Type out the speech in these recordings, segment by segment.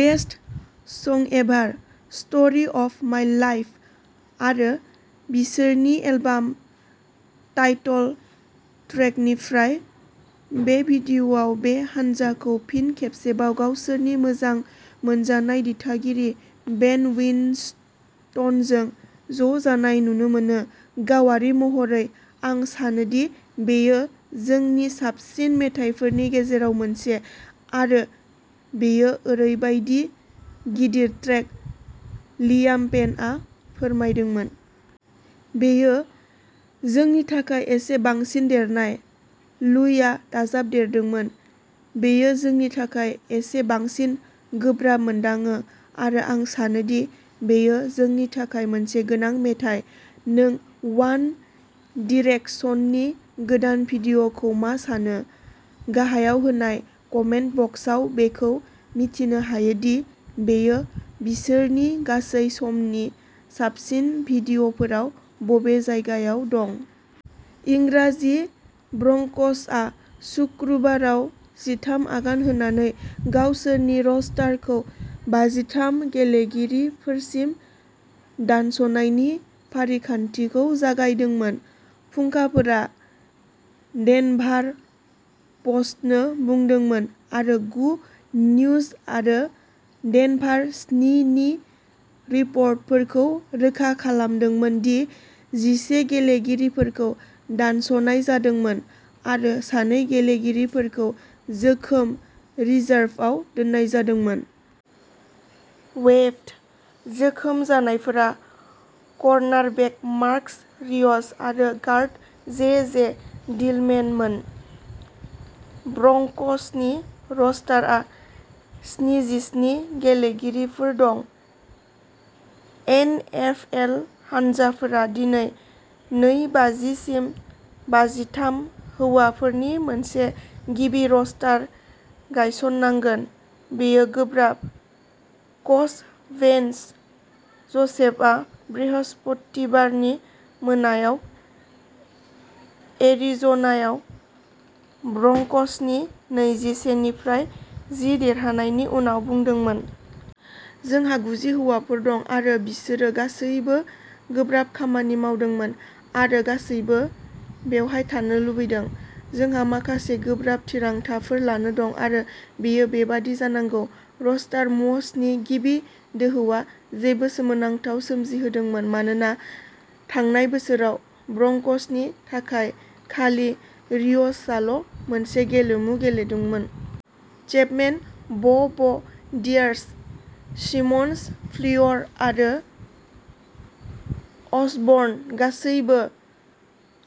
Best song ever story of my लाइफ'आरो बिसोरनि album title ट्रेकनिफ्राय। बे भिडिय'आव बे हानजाखौ फिन खेबसेबाव गावसोरनि मोजां मोनजानाय दिथागिरि बेन उइनस्टनजों ज'जानाय नुनो मोनो। "गावारि महरै, आं सानोदि बेयो जोंनि साबसिन मेथाइफोरनि गेजेराव मोनसे आरो बेयो ओरैबायदि गिदिर ट्रेक", लियाम पेनआ फोरमायदोंमोन। "बेयो जोंनि थाखाय एसे बांसिन देरनाय।" लुइआ दाजाबदेरदोंमोन "बेयो जोंनि थाखाय एसे बांसिन गोब्राब मोनदाङो आरो आं सानोदि बेयो जोंनि थाखाय मोनसे गोनां मेथाइ।" नों वान डिरेकसननि गोदान भिडिय'खौ मा सानो? गाहायाव होनाय कमेन्ट बक्सआव बेखौ मिथिनो हो दि बेयो बिसोरनि गासै समनि साबसिन भिडिय'फोराव बबे जायगायाव दं। इंराजि-ब्रंक'सआ सुक्रुबाराव जिथाम आगान होनानै गावसोरनि रोस्टारखौ बाजिथाम गेलेगिरिफोरसिम दानस'नायनि फारिखान्थिखौ जागायदोंमोन। फुंखाफोरा डेनभार प'स्टनो बुंदोंमोन आरो गु निउज आरो डेनभार स्नि नि रिपर्टफोरखौ रोखा खालामदोंमोन दि जिसे गेलेगिरिफोरखौ दानस'नाय जादोंमोन आरो सानै गेलेगिरिफोरखौ जोखोम रिजार्भआव दोननाय जादोंमोन। वेइभ्ड-जोखोम जानायफोरा कर्नारबेक मार्कस रिय'स आरो गार्ड जे. जे. डिलमेन मोन। ब्रंक'सनि रस्टारआ स्निजिस्नि गेलेगिरिफोर दं। एनएफएल हानजाफोरा दिनै नै बाजिसिम बाजिथाम हौवाफोरनि मोनसे गिबि रस्टार गायसननांगोन। "बेयो गोब्राब", कच भेन्स ज'सेफआ बृहस्पतिबारनि मोनायाव एरिज'नायाव ब्रंक'सनि नैजिसे निफ्राय जि देरहानायनि उनाव बुंदोंमोन। "जोंहा गुजि हौवाफोर दं आरो बिसोरो गासैबो गोब्राब खामानि मावदोंमोन आरो गासैबो बेवहाय थानो लुबैदों। जोंहा माखासे गोब्राब थिरांथाफोर लानो दं आरो बेयो बेबादि जानांगौ।" रस्टार मूव्सनि गिबि दोहौआ जेबो सोमोनांथाव सोमजिहोदोंमोन मानोना थांनाय बोसोराव ब्रंक'सनि थाखाय खालि रिय'सआल'मोनसे गेलेमु गेलेदोंमोन। चेपमेन, ब'ब', डियार्स, सिमन्स, फ्लियर आरो असबर्न गासैबो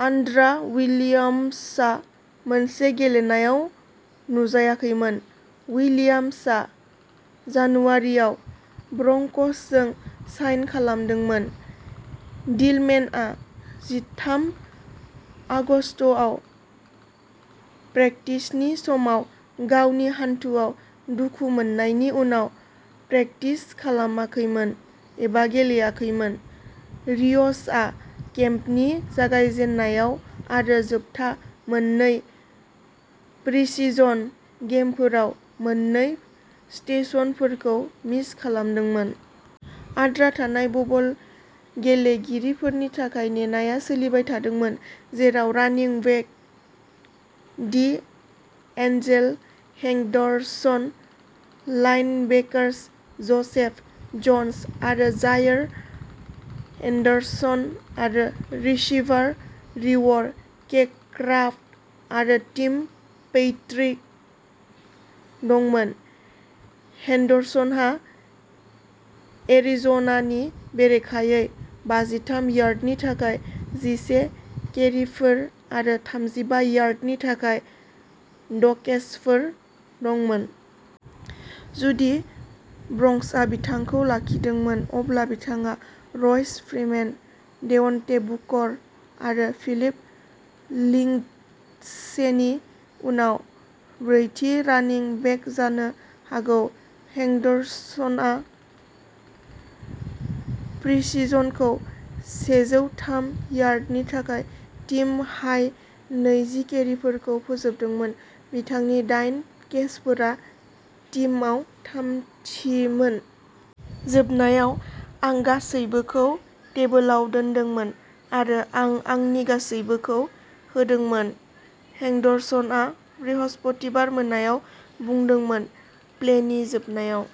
आनड्रा विलियम्सा मोनसे गेलेनायाव नुजायाखैमोन। उइलियाम्सा जानुवारियाव ब्रंकसजों साइन खालामदोंमोन। डिलमेनआ जिथाम आगस्तआव प्रेकटिसनि समाव गावनि हान्थुआव दुखु मोननायनि उनाव प्रेकटिस खालामाखैमोन एबा गेलेयाखैमोन। रिय'सआ केम्पनि जागायजेन्नायाव आरो जोबथा मोन्नै प्रिसिजन गेमफोराव मोन्नै स्टेसनफोरखौ मिस खालामदोंमोन। आद्रा थानाय बबल गेलेगिरिफोरनि थाखाय नेनाया सोलिबाय थादोंमोन, जेराव running back D'Angelo Henderson, linebackers Joseph Jones आरो जायर एंडरसन आरो रिसीभार रिवर क्रेक्राफ्ट आरो टिम पैट्रिक दंमोन। हेंडरसनहा एरिज'नानि बेरेखायै बाजिथाम यार्डनि थाखाय जिसे केरिफोर आरो थामजिबा यार्डनि थाखाय द'केचफोर दंमोन। जुदि ब्रंकसआ बिथांखौ लाखिदोंमोन, अब्ला बिथाङा रयस फ्रीमेन, डेवन्टे बुकर आरो फिलिप लिंडसेनि उनाव ब्रैथि रानिं बेक जानो हागौ। हेंडरसनआ प्रिसिजनखौ सेजौ थाम यार्डनि थाखाय टीम-हाई नैजि केरिफोरजों फोजोबदोंमोन। बिथांनि दाइन केचफोरा टीमआव थामथिमोन। "जोबनायाव, आं गासैबोखौ टेबोलाव दोनदोंमोन आरो आं आंनि गासैबोखौ होदोंमोन", हेंडरसनआ बृहस्पतिबार मोनायाव बुंदोंमोन प्लेनि जोबनायाव।